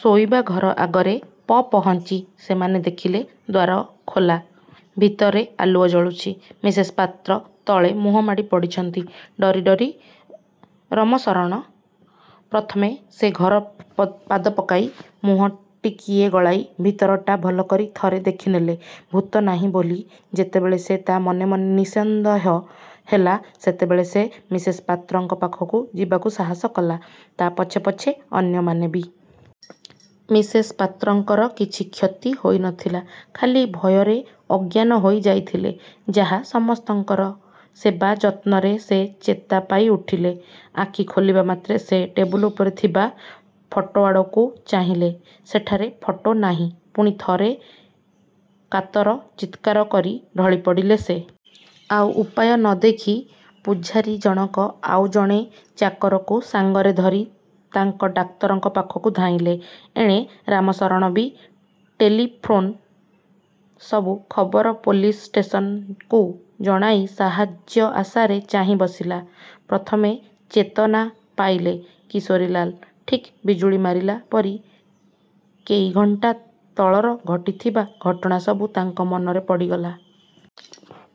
ଶୋଇବା ଘର ଆଗରେ ପପହଞ୍ଚି ସେମାନେ ଦେଖିଲେ-ଦ୍ୱାର ଖୋଲା, ଭିତରେ ଆଲୁଅ ଜଳୁଛି। ମିସେସ୍ ପାତ୍ର ତଳେ ମୁହଁ ମାଡ଼ି ପଡ଼ିଛନ୍ତି। ଡରି ଡରି ରମଶରଣ ପ୍ରଥମେ ସେ ଘରକୁ ପାଦ ପକାଇ ମୁହଁ ଟିକିଏ ଗଳାଇ ଭିତରଟା ଭଲ କରି ଥରେ ଦେଖିନେଲା। ଭୂତ ନାହିଁ ବୋଲି ଯେତେବେଳେ ସେ ତା' ମନେ ମନେ ନିଃସନ୍ଦେହ ହେଲା ସେତେବେଳେ ସେ ମିସେସ୍ ପାତ୍ରଙ୍କ ପାଖକୁ ଯିବାକୁ ସାହସ କଲା; ତା' ପଛେ ପଛେ ଅନ୍ୟମାନେ ବି। ମିସେସ୍ ପାତ୍ରଙ୍କର କିଛି କ୍ଷତି ହୋଇ ନଥିଲା। ଖାଲି ଭୟରେ ଅଜ୍ଞାନ ହୋଇ ଯାଇଥିଲେ ଯାହା। ସମସ୍ତଙ୍କର ସେବା ଯତ୍ନରେ ସେ ଚେତା ପାଇ ଉଠିଲେ। ଆଖି ଖୋଲିବା ମାତ୍ରେ ସେ ଟେବୁଲ ଉପରେ ଥିବା ଫଟୋଆଡ଼କୁ ଚାହିଁଲେ; ସେଠାରେ ଫଟୋ ନାହିଁ। ପୁଣି ଥରେ କାତର ଚିତ୍କାର କରି ଢଳି ପଡ଼ିଲେ ସେ। ଆଉ ଉପାୟ ନ ଦେଖି ପୁଝାରୀଜଣକ ଆଉ ଜଣେ ଚାକରକୁ ସାଙ୍ଗରେ ଧରି ତାଙ୍କ ଡାକ୍ତରଙ୍କ ପାଖକୁ ଧାଇଁଲେ। ଏଣେ ରାମଶରଣ ବି ଟେଲିଫୋନ୍ରେ ସବୁ ଖବର ପୋଲିସ୍ ଷ୍ଟେସନ୍କୁ ଜଣାଇ ସାହାଯ୍ୟ ଆଶାରେ ଚାହିଁ ବସିଲା। ପ୍ରଥମେ ଚେତନା ପାଇଲେ କିଶୋରୀଲାଲ। ଠିକ୍ ବିଜୁଳି ମାରିଲା ପରି କେଇଘଣ୍ଟା ତଳର ଘଟିଥିବା ଘଟଣା ସବୁ ତାଙ୍କ ମନରେ ପଡ଼ିଗଲା।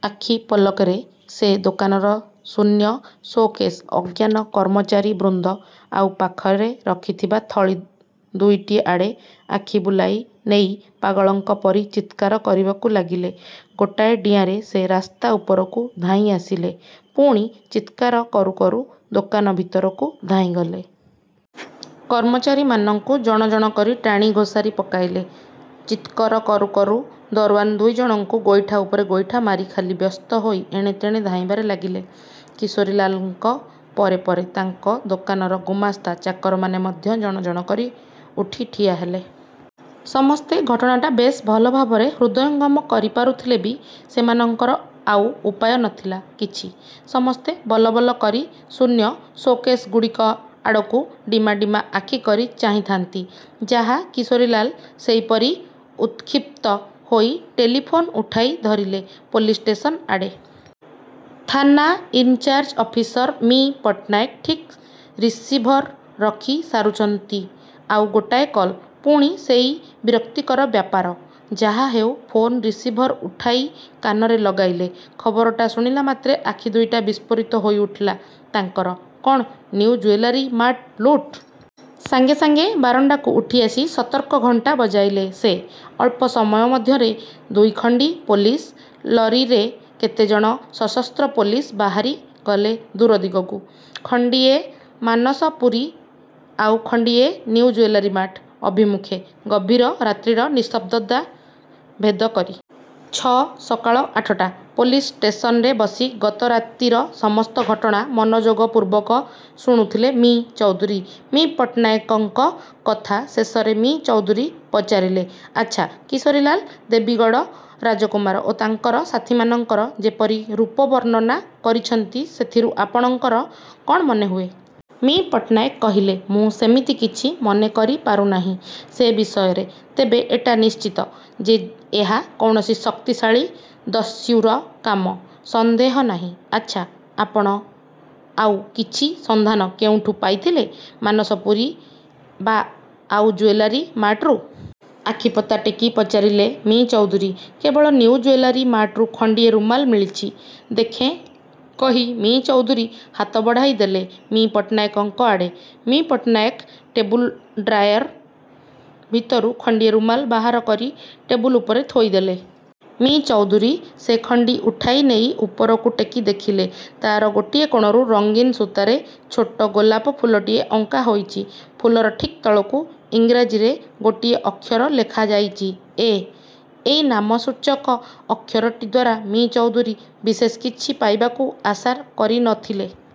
ଆଖି ପଲକରେ ସେ ଦୋକାନର ଶୂନ୍ୟ ସୋ'କେଶ୍, ଅଜ୍ଞାନ କର୍ମଚାରୀ ବୃନ୍ଦ, ଆଉ ପାଖରେ ରଖିଥିବା ଥଳି ଦୁଇଟି ଆଡ଼େ ଆଖି ବୁଲାଇ ନେଇ ପାଗଳଙ୍କ ପରି ଚିତ୍କାର କରିବାକୁ ଲାଗିଲେ। ଗୋଟାଏ ଡିଆଁରେ ସେ ରାସ୍ତା ଉପରକୁ ଧାଇଁ ଆସିଲେ। ପୁଣି ଚିତ୍କାର କରୁ କରୁ ଦୋକାନ ଭିତରକୁ ଧାଇଁ ଗଲେ। କର୍ମଚାରୀମାନଙ୍କୁ ଜଣ ଜଣ କରି ଟାଣି ଘୋଷାରି ପକାଇଲେ।। ଚିତ୍କର କରୁ କରୁ ଦରଓ୍ୱାନ୍ ଦୁଇଜଣଙ୍କୁ ଗୋଇଠା ଉପରେ ଗୋଇଠା ମାରି ଖାଲି ବ୍ୟସ୍ତ ହୋଇ ଏଣେ ତେଣେ ଧାଇଁବାରେ ଲାଗିଲେ। କିଶୋରୀଲାଲଙ୍କ ପରେ ପରେ ତାଙ୍କ ଦୋକାନର ଗୁମାସ୍ତା, ଚାକରମାନେ ମଧ୍ୟ ଜଣ ଜଣ କରି ଉଠି ଠିଆହେଲେ। ସମସ୍ତେ ଘଟଣାଟା ବେଶ ଭଲ ଭାବରେ ହୃଦୟଙ୍ଗମ କରି ପାରୁଥିଲେ ବି ସେମାନଙ୍କର ଆଉ ଉପାୟ ନଥିଲା କିଛି; ସମସ୍ତେ ବଲ ବଲ କରି ଶୂନ୍ୟ ସୋ-କେଶ୍ଗୁଡ଼ିକ ଆଡ଼କୁ ଡିମା ଡିମା ଆଖି କରି ଚାହିଁଥାନ୍ତି ଯାହା। କିଶୋରୀଲାଲ ସେଇପରି ଉତ୍କ୍ଷିପ୍ତ ହୋଇ ଟେଲିଫୋନ୍ ଉଠାଇ ଧରିଲେ ପୋଲିସ୍ ଷ୍ଟେସନ୍ ଆଡ଼େ। ଥାନା ଇନ୍ଚାର୍ଯ ଅଫିସର ମି: ପଟ୍ଟନାୟକ ଠିକ୍ ରିସିଭର୍ ରଖି ସାରୁଛନ୍ତି-ଆଉ ଗୋଟାଏ କଲ୍! ପୁଣି ସେଇ ବିରକ୍ତିକର ବ୍ୟାପାର! ଯାହାହେଉ ଫୋନ୍ ରିସିଭର୍ ଉଠାଇ କାନରେ ଲଗାଇଲେ। ଖବରଟା ଶୁଣିଲା ମାତ୍ରେ ଆଖି ଦୁଇଟା ବିଷ୍ପୋରିତ ହୋଇଉଠିଲା ତାଙ୍କର। ''କ'ଣ? ନିଉ ଜୁଏଲାରୀ ମାର୍ଟ ଲୁଟ୍! '' ସାଙ୍ଗେ ସାଙ୍ଗେ ବାରଣ୍ଡାକୁ ଉଠିଆସି ସତର୍କ ଘଣ୍ଟା ବଜାଇଲେ ସେ। ଅଳ୍ପ ସମୟ ମଧ୍ୟରେ ଦୁଇଖଣ୍ଡି ପୋଲିସ୍ ଲରୀରେ କେତେଜଣ ସଶସ୍ତ୍ର ପୋଲିସ୍ ବାହାରି ଗଲେ ଦୂର ଦିଗକୁ। ଖଣ୍ଡିଏ ମାନସପୁରୀ, ଆଉ ଖଣ୍ଡିଏ ନିଉ ଜୁଏଲାରୀ ମାର୍ଟ ଅଭିମୁଖେ, ଗଭୀର ରାତ୍ରିର ନିସ୍ତବ୍ଧତା ଭେଦ କରି। -ଛଅ- ସକାଳ ଆଠଟା। ପୋଲିସ୍ ଷ୍ଟେସନରେ ବସି ଗତ ରାତିର ସମସ୍ତ ଘଟଣା ମନୋଯୋଗ ପୂର୍ବକ ଶୁଣୁଥିଲେ ମି: ଚୌଧୁରୀ। ମି: ପଟ୍ଟନାୟକଙ୍କ କଥା ଶେଷରେ ମି: ଚୌଧୁରୀ ପଚାରିଲେ, ''ଆଚ୍ଛା, କିଶୋରୀଲାଲ ଦେବୀଗଡ଼ ରାଜକୁମାର ଓ ତାଙ୍କର ସାଥୀମାନଙ୍କର ଯେପରି ରୂପ ବର୍ଣ୍ଣନା କରିଛନ୍ତି, ସେଥିରୁ ଆପଣଙ୍କର କ'ଣ ମନେ ହୁଏ? '' ମି: ପଟ୍ଟନାୟକ କହିଲେ, ''ମୁଁ ସେମିତି କିଛି ମନେ କରି ପାରୁନାହିଁ। ସେ ବିଷୟରେ ତେବେ ଏଟା ନିଶ୍ଚିତ ଯେ ଏହା କୌଣସି ଶକ୍ତିଶାଳୀ ଦସ୍ୟୁର କାମ, ସନ୍ଦେହ ନାହିଁ। '' ''ଆଚ୍ଛା, ଆପଣ ଆଉ କିଛି ସନ୍ଧାନ କେଉଁଠୁ ପାଇଥିଲେ; ମାନସପୁରୀ ବା ଆଉ ଜୁଏଲାରୀମାର୍ଟରୁ? '' ଆଖିପତା ଟେକି ପଚାରିଲେ ମି: ଚୌଧୁରୀ। କେବଳ ନିଉ ଜୁଏଲାରୀ ମାର୍ଟରୁ ଖଣ୍ଡିଏ ରୁମାଲ ମିଳିଛି। '' 'ଦେଖେଁ' କହି ମି: ଚୌଧୁରୀ ହାତ ବଢ଼ାଇ ଦେଲେ ମି: ପଟ୍ଟନାୟକଙ୍କ ଆଡ଼େ। ମି: ପଟ୍ଟନାୟକ ଟେବୁଲ ଡ୍ରାୟାର ଭିତରୁ ଖଣ୍ଡିଏ ରୁମାଲ ବାହାର କରି ଟେବୁଲ ଉପରେ ଥୋଇ ଦେଲେ। ମି: ଚୌଧୁରୀ ସେଖଣ୍ଡି ଉଠାଇ ନେଇ ଉପରକୁ ଟେକି ଦେଖିଲେ, ତା'ର ଗୋଟିଏ କୋଣକୁ ରଙ୍ଗୀନ୍ ସୂତାରେ ଛୋଟ ଗୋଲାପ ଫୁଲଟିଏ ଅଙ୍କା ହୋଇଛି। ଫୁଲର ଠିକ୍ ତଳକୁ ଇଂରାଜୀରେ ଗୋଟିଏ ଅକ୍ଷର ଲେଖା ଯାଇଛି 'ଏ'। ଏଇ ନାମସୂଚକ ଅକ୍ଷରଟି ଦ୍ୱାରା ମି: ଚୌଧୁରୀ ବିଶେଷ କିଛି ପାଇବାକୁ ଆଶା କରି ନ ଥିଲେ।